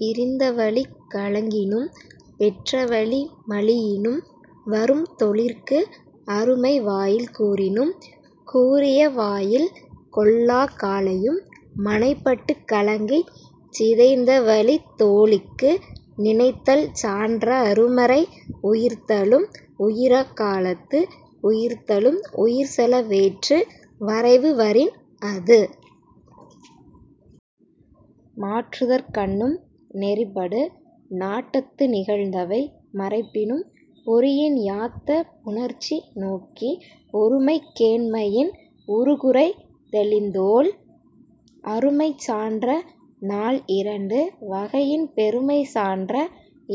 பிரிந்தவழிக் கலங்கினும் பெற்றவழி மலியினும் வரும் தொழிற்கு அருமை வாயில் கூறினும் கூறிய வா யில் கொள்ளாக் காலையும் மனைப் பட்டுக் கலங்கிச் சிதைந்தவழித் தோழிக்கு நினைத்தல் சான்ற அரு மறை உயிர்த்தலும் உயிராக் காலத்து உயிர்த்தலும் உயிர் செல வேற்று வரைவு வரின் அது மாற்றுதற்கண்ணும் நெறி படு நாட்டத்து நிகழ்ந்தவை மறைப்பினும் பொறியின் யாத்த புணர்ச்சி நோக்கி ஒருமைக் கேண்மையின் உறு குறை தெளிந்தோள் அருமை சான்ற நால் இரண்டு வகையின் பெருமை சான்ற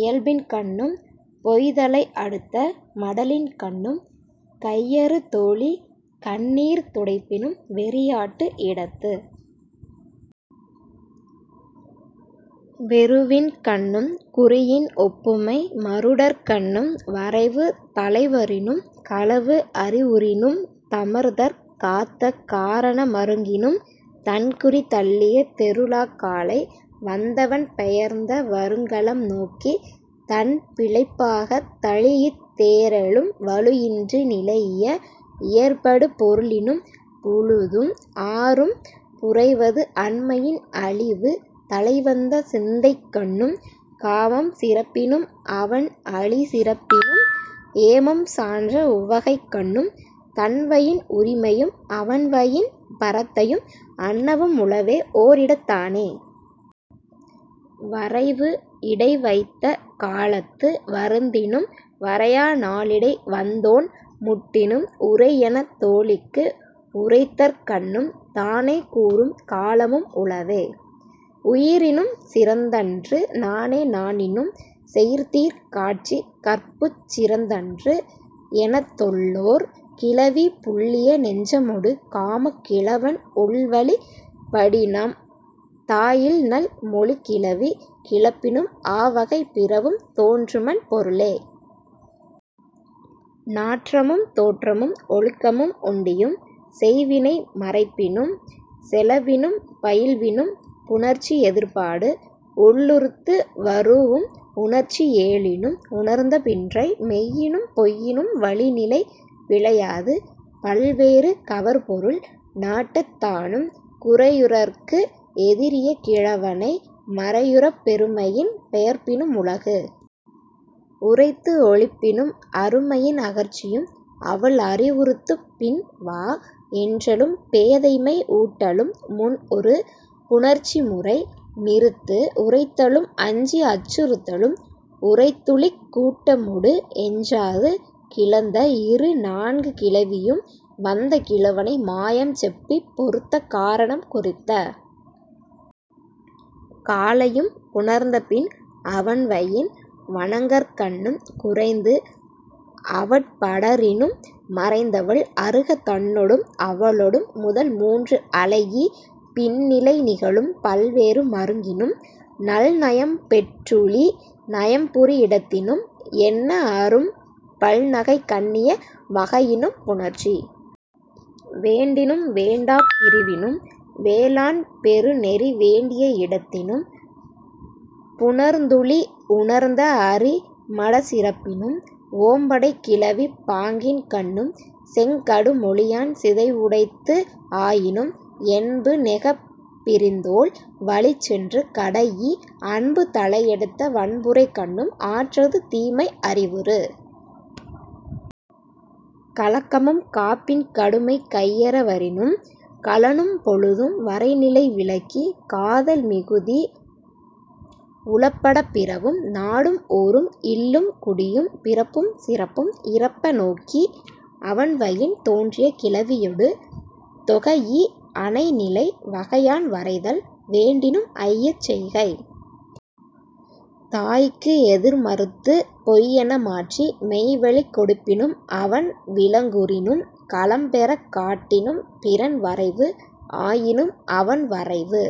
இயல்பின்கண்ணும் பொய் தலை அடுத்த மடலின்கண்ணும் கையறு தோழி கண்ணீர் துடைப்பினும் வெறியாட்டு இடத்து வெருவின்கண்ணும் குறியின் ஒப்புமை மருடற்கண்ணும் வரைவு தலைவரினும் களவு அறிவுறினும் தமர் தற் காத்த காரண மருங்கினும் தன் குறி தள்ளிய தெருளாக் காலை வந்தவன் பெயர்ந்த வறுங் களம் நோக்கித் தன் பிழைப்பாகத் தழீஇத் தேறலும் வழு இன்று நிலைஇய இயற்படு பொருளினும் பொழுதும் ஆறும் புரைவது அன்மையின் அழிவு தலைவந்த சிந்தைக்கண்ணும் காமம் சிறப்பினும் அவன் அளி சிறப்பினும் ஏமம் சான்ற உவகைக்கண்ணும் தன்வயின் உரிமையும் அவன்வயின் பரத்தையும் அன்னவும் உளவே ஓர் இடத்தான. வரைவு இடை வைத்த காலத்து வருந்தினும் வரையா நாளிடை வந்தோன் முட்டினும் உரை எனத் தோழிக்கு உரைத்தற்கண்ணும் தானே கூறும் காலமும் உளவே. உயிரினும் சிறந்தன்று நாணே நாணினும் செயிர் தீர் காட்சிக் கற்புச் சிறந்தன்று எனத் தொல்லோர் கிளவி புல்லிய நெஞ்சமொடு காமக் கிழவன் உள்வழிப் படினும் தா இல் நல் மொழி கிழவி கிளப்பினும் ஆ வகை பிறவும் தோன்றுமன் பொருளே. நாற்றமும் தோற்றமும் ஒழுக்கமும் உண்டியும் செய் வினை மறைப்பினும் செலவினும் பயில்வினும் புணர்ச்சி எதிர்ப்பாடு உள்ளுறுத்து வரூஉம் உணர்ச்சி ஏழினும் உணர்ந்த பின்றை மெய்யினும் பொய்யினும் வழிநிலை பிழையாது பல் வேறு கவர் பொருள் நாட்டத்தானும் குறையுறற்கு எதிரிய கிழவனை மறையுறப் பெருமையின் பெயர்ப்பினும் உலகு உரைத்து ஒழிப்பினும் அருமையின் அகற்சியும் அவள் அறிவுறுத்துப் பின் வா என்றலும் பேதைமை ஊட்டலும் முன் உறு புணர்ச்சி முறை நிறுத்து உரைத்தலும் அஞ்சி அச்சுறுத்தலும் உரைத்துழிக் கூட்டமொடு எஞ்சாது கிளந்த இரு நான்கு கிளவியும் வந்த கிழவனை மாயம் செப்பிப் பொறுத்த காரணம் குறித்த காலையும் புணர்ந்த பின் அவன்வயின் வணங்கற்கண்ணும் குறைந்து அவட் படரினும் மறைந்தவள் அருக தன்னொடும் அவளொடும் முதல் மூன்று அளைஇ பின்னிலை நிகழும் பல் வேறு மருங்கினும் நல் நயம் பெற்றுழி நயம் புரி இடத்தினும் எண்ண அரும் பல் நகை கண்ணிய வகையினும் புணர்ச்சி வேண்டினும் வேண்டாப் பிரிவினும் வேளாண் பெரு நெறி வேண்டிய இடத்தினும் புணர்ந்துழி உணர்ந்த அறி மடச் சிறப்பினும் ஓம்படைக் கிளவிப் பாங்கின்கண்ணும் செங் கடு மொழியான் சிதைவுடைத்து ஆயினும் என்பு நெகப் பிரிந்தோள் வழிச் சென்று கடைஇ அன்பு தலையடுத்த வன்புறைக்கண்ணும் ஆற்றது தீமை அறிவுறு கலக்கமும் காப்பின் கடுமை கையற வரினும் களனும் பொழுதும் வரை நிலை விலக்கி காதல் மிகுதி உளப்படப் பிறவும் நாடும் ஊரும் இல்லும் குடியும் பிறப்பும் சிறப்பும் இறப்ப நோக்கி அவன்வயின் தோன்றிய கிளவியொடு தொகைஇ அனை நிலை வகையான் வரைதல் வேண்டினும் ஐயச் செய்கை தாய்க்கு எதிர் மறுத்து பொய் என மாற்றி மெய்வழிக் கொடுப்பினும் அவன் விலங்குறினும் களம் பெறக் காட்டினும் பிறன் வரைவு ஆயினும் அவன் வரைவு